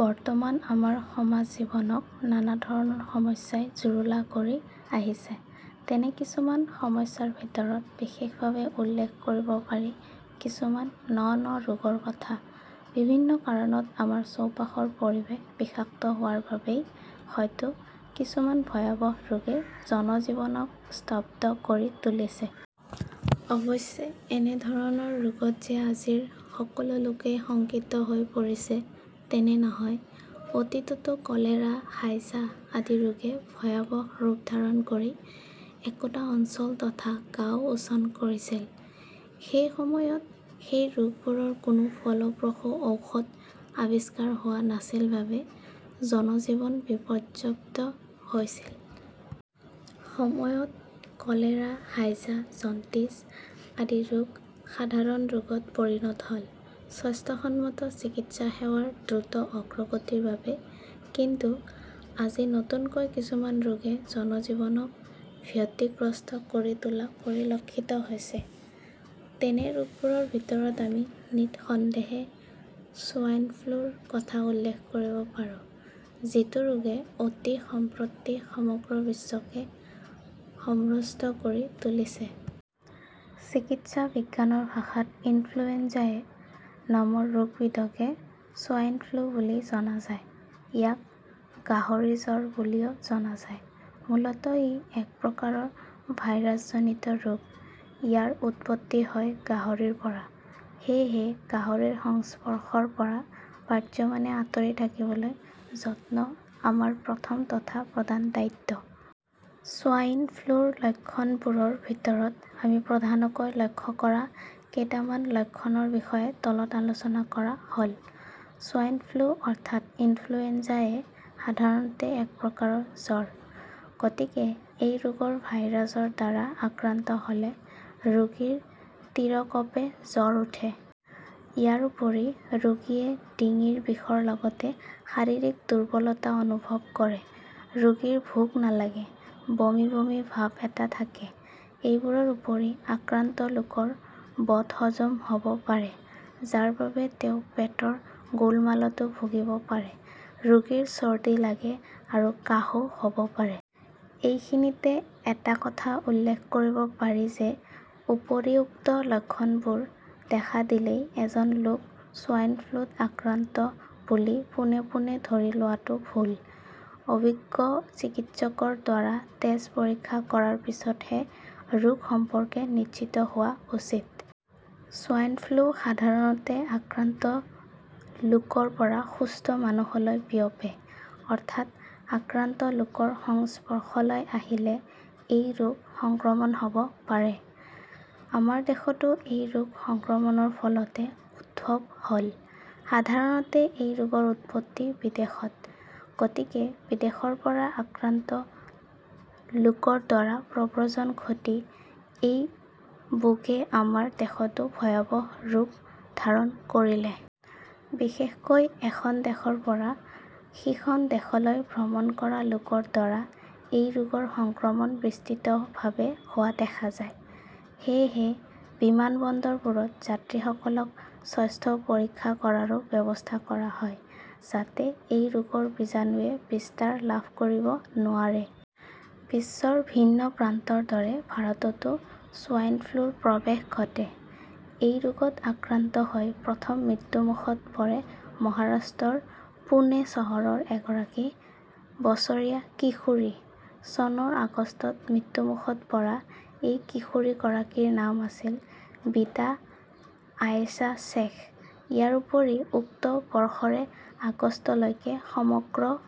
বৰ্তমান আমাৰ সমাজ জীৱনক নানাধৰণৰ সমস্যাই জুৰুলা কৰি আহিছে। তেনে কিছুমান সমস্যাৰ ভিতৰত বিশেষভাৱে উল্লেখ কৰিব পাৰি কিছুমান ন ন ৰোগৰ কথা। বিভিন্ন কাৰণত আমাৰ চৌপাশৰ পৰিৱেশ বিষাক্ত হোৱাৰ বাবেই হয়তো কিছুমান ভয়াৱহ ৰোগে জনজীৱনক স্তব্ধ কৰি তুলিছে। অৱশ্যে এনেধৰণৰ ৰোগত যে আজিৰ লোকসকলেই শংকিত হৈ পৰিছে, তেনে নহয়। অতীততো কলেৰা, হাইজা আদি ৰোগে ভয়াৱহ ৰূপ ধাৰণ কৰি একোটা অঞ্চল তথা গাঁও উছন কৰিছিল। সেই সময়ত সেই ৰোগবোৰৰ কোনো ফলপ্ৰসূ ঔষধ আৱিষ্কাৰ হোৱা নাছিল বাবে জনজীৱন বিপৰ্যস্ত হৈছিল। সময়ত কলেৰা, হাইজা, জণ্ডিছ আদি ৰোগ সাধাৰণ ৰোগত পৰিণত হ'ল স্বাস্থ্যসন্মত চিকিৎসা সেৱাৰ দ্ৰুত অগ্ৰগতিৰ বাবে। কিন্তু আজি নতুনকৈ কিছুমান ৰোগে জনজীৱনক ভীতিগ্ৰস্ত কৰি তোলা পৰিলক্ষিত হৈছে। তেনে ৰোগবোৰৰ ভিতৰত আমি নিঃসন্দেহে 'ছোৱাইন ফ্লু'ৰ কথা উল্লেখ কৰিব পাৰো, যিটো ৰোগে অতিসম্প্ৰতি সমগ্ৰ বিশ্বকে সম্ভ্ৰস্ত কৰি তুলিছে। চিকিৎসা বিজ্ঞানৰ ভাষাত 'ইনফ্লুয়েঞ্জা-এ ' নামৰ ৰোগবিধকে 'ছোৱাইন ফ্লু' বুলি জনা যায়। ইয়াক 'গাহৰি জ্বৰ' বুলিও জনা যায়। মূলতঃ ই একপ্ৰকাৰৰ ভাইৰাছজনিত ৰোগ। ইয়াৰ উৎপত্তি হয় গাহৰিৰ পৰা। সেয়ে গাহৰিৰ সংস্পৰ্শৰ পৰা পাৰ্যমানে আঁতৰি থাকিবলৈ যত্ন আমাৰ প্ৰথম তথা প্ৰধান দায়িত্ব। ছোৱাইন ফ্লুৰ লক্ষণবোৰৰ ভিতৰত আমি প্ৰধানকৈ লক্ষ্য কৰা কেইটামান লক্ষণৰ বিষয়ে তলত আলোচনা কৰা হ'ল। ছোৱাইন ফ্লু, অৰ্থাৎ 'ইনফ্লুয়েঞ্জা-এ, 'সাধাৰণতে একপ্ৰকাৰৰ জ্বৰ। গতিকে এই ৰোগৰ ভাইৰাছৰ দ্বাৰা আক্ৰান্ত হ'লে ৰোগীৰ তিৰকঁপে জ্বৰ উঠে। ইয়াৰ উপৰি ৰোগীয়ে ডিঙিৰ বিষৰ লগতে শাৰীৰিক দুৰ্বলতা অনুভৱ কৰে, ৰোগীৰ ভোক নালাগে, বমি বমি ভাব এটা থাকে। এইবোৰৰ উপৰি আক্ৰান্ত লোকৰ বদহজম হ'ব পাৰে, যাৰ বাবে তেওঁ পেটৰ গোলমালতো ভুগিব পাৰে। ৰোগীৰ চৰ্দি লাগে আৰু কাহো হ'ব পাৰে। এইখিনিতে এটা কথা উল্লেখ কৰিব পাৰি যে উপৰিউক্ত লক্ষণবোৰ দেখা দিলেই এজন লোক ছোৱাইন ফ্লুত আক্ৰান্ত বুলি পোনে পোনে ধৰি লোৱাটো ভুল। অভিজ্ঞ চিকিৎসকৰ দ্বাৰা তেজ পৰীক্ষা কৰাৰ পিছতহে ৰোগ সম্পৰ্কে নিশ্চিত হোৱা উচিত। ছোৱাইন ফ্লু সাধাৰণতে আক্ৰান্ত লোকৰ পৰা সুস্থ মানুহলৈ বিয়পে। অৰ্থাৎ আক্ৰান্ত লোকৰ সংস্পৰ্শলৈ আহিলে এই ৰোগ সংক্ৰমণ হ'ব পাৰে। আমাৰ দেশতো এই ৰোগ সংক্ৰমণৰ ফলতে উদ্ভৱ হ'ল। সাধাৰণতে এই ৰোগৰ উৎপত্তি বিদেশত। গতিকে বিদেশৰ পৰা আক্ৰান্ত লোকৰ দ্বাৰা প্ৰব্ৰজন ঘটি এই বোগে আমাৰ দেশতো ভয়াৱহ ৰূপ ধাৰণ কৰিলে। বিশেষকৈ এখন দেশৰ পৰা সিখন দেশলৈ ভ্ৰমণ কৰা লোকৰ দ্বাৰা এই ৰোগৰ সংক্ৰমণ বিস্তৃতভাৱে হোৱা দেখা যায়। সেয়ে বিমান বন্দৰবোৰত যাত্ৰীসকলক স্বাস্থ্য পৰীক্ষা কৰাৰো ব্যৱস্থা কৰা হয়, যাতে এই ৰোগৰ বীজাণুৱে বিস্তাৰ লাভ কৰিব নোৱাৰে। বিশ্বৰ ভিন্ন প্ৰান্তৰ দৰে ভাৰততো ছোৱাইন ফ্লুৰ প্ৰৱেশ ঘটে। এই ৰোগত আক্ৰান্ত হৈ প্ৰথম মৃত্যুমুখত পৰে মহাৰাষ্ট্ৰৰ পুণে চহৰৰ এগৰাকী বছৰীয়া কিশোৰী। চনৰ আগষ্টত মৃত্যুমুখত পৰা এই কিশোৰীগৰাকীৰ নাম আছিল বিদা আয়েশা শ্বেখ। ইয়াৰ উপৰি উক্ত বৰ্ষৰে আগষ্টলৈকে সমগ্ৰ